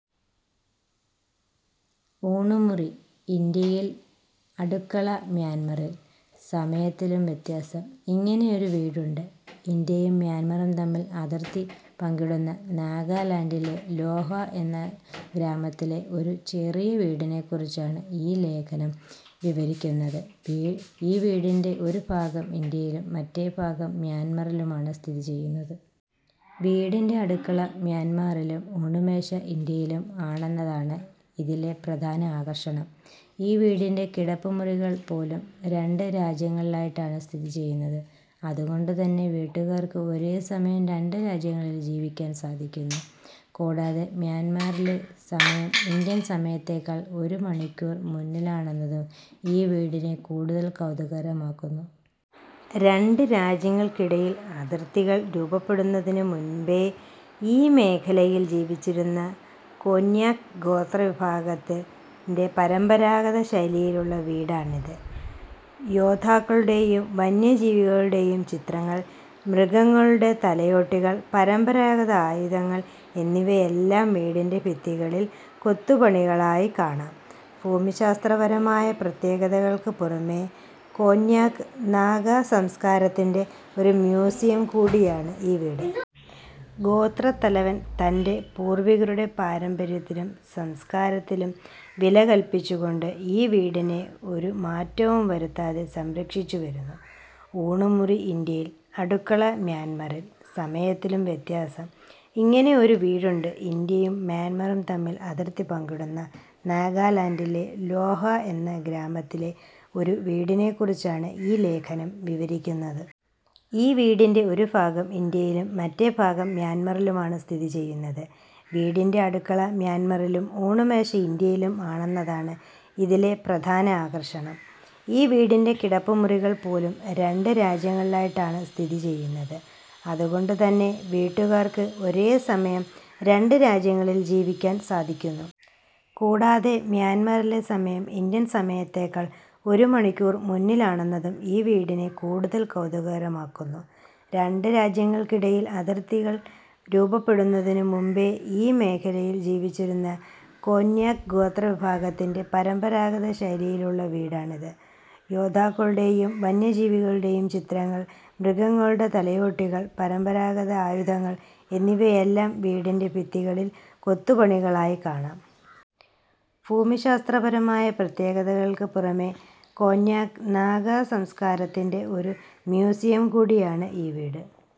ഊണുമുറി ഇന്ത്യയിൽ, അടുക്കള മ്യാൻമറിൽ! സമയത്തിലും വ്യത്യാസം; ഇങ്ങനെ ഒരു വീടുണ്ട് ഇന്ത്യയും മ്യാൻമാറും തമ്മിൽ അതിർത്തി പങ്കിടുന്ന നാഗാലാൻഡിലെ ലോങ്ങ്വ എന്ന ഗ്രാമത്തിലെ ഒരു വീടിനെക്കുറിച്ചാണ് ഈ ലേഖനം വിവരിക്കുന്നത്. ഈ വീടിന്റെ ഒരു ഭാഗം ഇന്ത്യയിലും മറ്റേ ഭാഗം മ്യാൻമാറിലുമാണ് സ്ഥിതി ചെയ്യുന്നത്. വീടിന്റെ അടുക്കള മ്യാൻമാറിലും ഊണുമേശ ഇന്ത്യയിലും ആണെന്നതാണ് ഇതിലെ പ്രധാന ആകർഷണം. ഈ വീടിന്റെ കിടപ്പുമുറികൾ പോലും രണ്ട് രാജ്യങ്ങളിലായിട്ടാണ് സ്ഥിതി ചെയ്യുന്നത്. അതുകൊണ്ട് തന്നെ വീട്ടുകാർക്ക് ഒരേ സമയം രണ്ട് രാജ്യങ്ങളിൽ ജീവിക്കാൻ സാധിക്കുന്നു. കൂടാതെ, മ്യാൻമാറിലെ സമയം ഇന്ത്യൻ സമയത്തേക്കാൾ ഒരു മണിക്കൂർ മുന്നിലാണെന്നതും ഈ വീടിനെ കൂടുതൽ കൗതുകകരമാക്കുന്നു. രണ്ട് രാജ്യങ്ങൾക്കിടയിൽ അതിർത്തികൾ രൂപപ്പെടുന്നതിന് മുമ്പേ ഈ മേഖലയിൽ ജീവിച്ചിരുന്ന കോന്യാക് ഗോത്ര വിഭാഗത്തിന്റെ പരമ്പരാഗത ശൈലിയിലുള്ള വീടാണിത്. യോദ്ധാക്കളുടെയും വന്യജീവികളുടെയും ചിത്രങ്ങൾ, മൃഗങ്ങളുടെ തലയോട്ടികൾ, പരമ്പരാഗത ആയുധങ്ങൾ എന്നിവയെല്ലാം വീടിന്റെ ഭിത്തികളിൽ കൊത്തുപണികളായി കാണാം. ഭൂമിശാസ്ത്രപരമായ പ്രത്യേകതകൾക്ക് പുറമെ, കോന്യാക് നാഗാ സംസ്കാരത്തിന്റെ ഒരു മ്യൂസിയം കൂടിയാണ് ഈ വീട്. ഗോത്രത്തലവൻ തന്റെ പൂർവ്വികരുടെ പാരമ്പര്യത്തിനും സംസ്കാരത്തിനും വില കൽപ്പിച്ചു കൊണ്ട് ഈ വീടിനെ ഒരു മാറ്റവും വരുത്താതെ സംരക്ഷിച്ചു വരുന്നു. ഊണുമുറി ഇന്ത്യയിൽ, അടുക്കള മ്യാൻമറിൽ! സമയത്തിലും വ്യത്യാസം; ഇങ്ങനെ ഒരു വീടുണ്ട് ഇന്ത്യയും മ്യാൻമാറും തമ്മിൽ അതിർത്തി പങ്കിടുന്ന നാഗാലാൻഡിലെ ലോങ്ങ്വ എന്ന ഗ്രാമത്തിലെ ഒരു വീടിനെക്കുറിച്ചാണ് ഈ ലേഖനം വിവരിക്കുന്നത്. ഈ വീടിന്റെ ഒരു ഭാഗം ഇന്ത്യയിലും മറ്റേ ഭാഗം മ്യാൻമാറിലുമാണ് സ്ഥിതി ചെയ്യുന്നത്. വീടിന്റെ അടുക്കള മ്യാൻമാറിലും ഊണുമേശ ഇന്ത്യയിലും ആണെന്നതാണ് ഇതിലെ പ്രധാന ആകർഷണം. ഈ വീടിന്റെ കിടപ്പുമുറികൾ പോലും രണ്ട് രാജ്യങ്ങളിലായിട്ടാണ് സ്ഥിതി ചെയ്യുന്നത്. അതുകൊണ്ട് തന്നെ വീട്ടുകാർക്ക് ഒരേ സമയം രണ്ട് രാജ്യങ്ങളിൽ ജീവിക്കാൻ സാധിക്കുന്നു. കൂടാതെ, മ്യാൻമാറിലെ സമയം ഇന്ത്യൻ സമയത്തേക്കാൾ ഒരു മണിക്കൂർ മുന്നിലാണെന്നതും ഈ വീടിനെ കൂടുതൽ കൗതുകകരമാക്കുന്നു. രണ്ട് രാജ്യങ്ങൾക്കിടയിൽ അതിർത്തികൾ രൂപപ്പെടുന്നതിന് മുമ്പേ ഈ മേഖലയിൽ ജീവിച്ചിരുന്ന കോന്യാക് ഗോത്ര വിഭാഗത്തിന്റെ പരമ്പരാഗത ശൈലിയിലുള്ള വീടാണിത്. യോദ്ധാക്കളുടെയും വന്യജീവികളുടെയും ചിത്രങ്ങൾ, മൃഗങ്ങളുടെ തലയോട്ടികൾ, പരമ്പരാഗത ആയുധങ്ങൾ എന്നിവയെല്ലാം വീടിന്റെ ഭിത്തികളിൽ കൊത്തുപണികളായി കാണാം. ഭൂമിശാസ്ത്രപരമായ പ്രത്യേകതകൾക്ക് പുറമെ, കോന്യാക് നാഗാ സംസ്കാരത്തിന്റെ ഒരു മ്യൂസിയം കൂടിയാണ് ഈ വീട്.